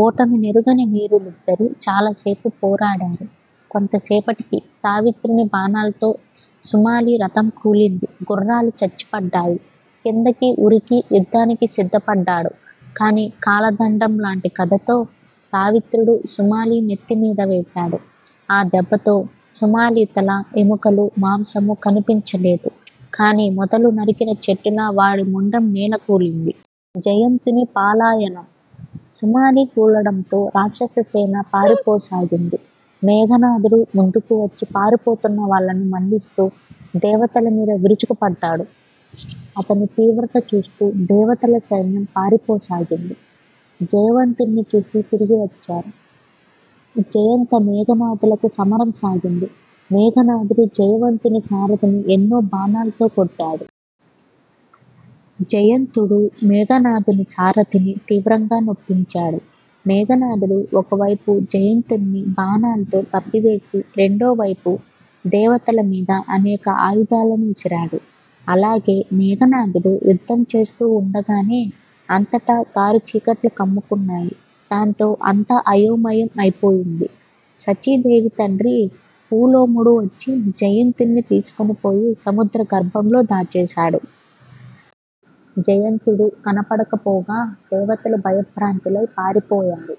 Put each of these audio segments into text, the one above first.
ఓటమినెరుగని వీరులిద్దరూ చాలసేపు పోరాడారు. కొంతసేపటికి సావిత్రుని బాణాల్తో సుమాలి రథం కూలింది. గుర్రాలు చచ్చిపడ్డాయి. కిందికి ఉరికి యుద్దానికి సిద్దపడ్డాడు. కాని కాలదండం లాంటి గదతో సావిత్రుడు సుమాలి నెత్తిమీదవేశాడు. ఆ దెబ్బతో సుమాలితలా, ఎముకలూ, మాంసమూ కనిపించలేదు. కాని మొదలు నరికిన చెట్టులా వాడి మొండెం నేలకూలింది. జయంతుని పలాయనం: సుమాలి కూలడంతో రాక్షససేన పారిపోసాగింది. మేఘనాధుడు ముందుకు వచ్చి పారిపోతున్న వాళ్ళను మళ్ళిస్తూ దేవతలమీద విరుచుకు పడ్డాడు. అతని తీవ్రత చూస్తూ దేవతల సైన్యం పారిపోసాగింది. జయవంతుణ్ని చూసి తిరిగివచ్చారు. జయంత మేఘనాధులకు సమరం సాగింది. మేఘనాధుడు జయవంతుని సారధిని ఎన్నో బాణాల్తో కొట్టాడు. జయంతుడూ మేఘనాధుని సారధిని తీవ్రంగా నొప్పించాడు. మేఘనాధుడు ఒకవైపు జయంతుణ్ని బాణాల్తో కప్పివేసి రెండోవైపు దేవతల మీద అనేక ఆయుధాలను విసిరాడు. అలా మేఘనాధుడు యుద్దం చేస్తు వుండగానే అంతటా కారుచీకట్లు కమ్ముకున్నాయి. దాంతో అంతా అయోమయం అయిపోయింది. శచీదేవి తండ్రి పులోముడు వచ్చి జయంతుణ్ని తీసుకొనిపోయి సముద్ర గర్భంలో దాచేశాడు. జయంతుడు కనపడకపోగా దేవతలు భయభ్రాంతులై పారిపోయారు.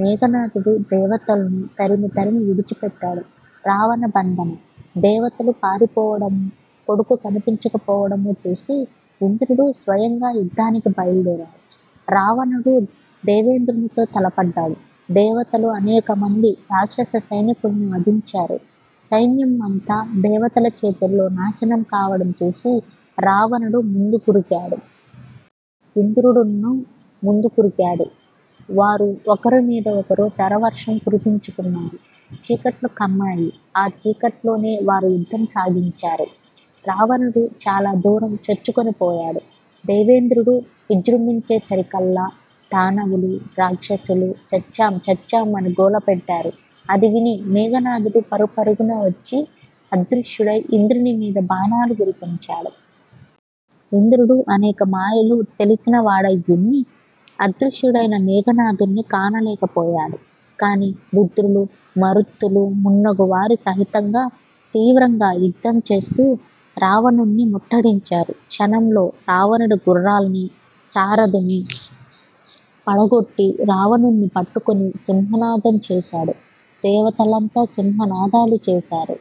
మేఘనాధుడు దేవతల్ను తరిమి తరిమి విడిచిపెట్టాడు. రావణ బంధనం: దేవతలు పారిపోవడమూ కొడుకు కనిపించకపోవడమూ చూసి ఇంద్రుడు స్వయంగా యుద్దానికి బైల్దేరాడు. రావణుడు దేవేంద్రునితో తలపడ్డాడు. దేవతలు అనేకమంది రాక్షస సైనికుల్ని వధించారు. సైన్యం అంతా దేవతల చేతుల్లో నాశనం కావడం చూసి రావణుడు ముందుకురికాడు. ఇంద్రుడున్నూ ముందు కురికాడు. వారు ఒకరిమీద ఒకరు శరవర్షం కురిపించుకున్నారు. చీకట్లు కమ్మాయి. ఆ చీకట్లోనే వారు యుద్దం సాగించారు. రావణుడు చాలదూరం చొచ్చుకొనిపోయాడు. దేవేంద్రుడు విజృంభించేసరికల్లా దానవులూ, రాక్షసులూ, చచ్చాం చచ్చాం అని గోలపెట్టారు. అది విని మేఘనాధుడు పరుగు పరుగున వచ్చి అదృశ్యుడై ఇంద్రుని మీద బాణాలు కురిపించాడు. ఇంద్రుడు అనేక మాయలు తెలిసినవాడయ్యిన్నీ అదృశ్యుడైన మేఘనాధుడ్ని కానలేకపోయాడు. కాని రుద్రులూ, మరుత్తులూ మున్నగువారి సహితంగా తీవ్రంగా యుద్దంచేస్తూ రావణుడ్ని ముట్టడించారు. క్షణంలో రావణుడి గుర్రాల్నీ, సారథినీ పడగొట్టి రావణుడ్ని పట్టుకొని సింహనాదం చేశాడు. దేవతలంతా సింహనాదాలు చేశారు.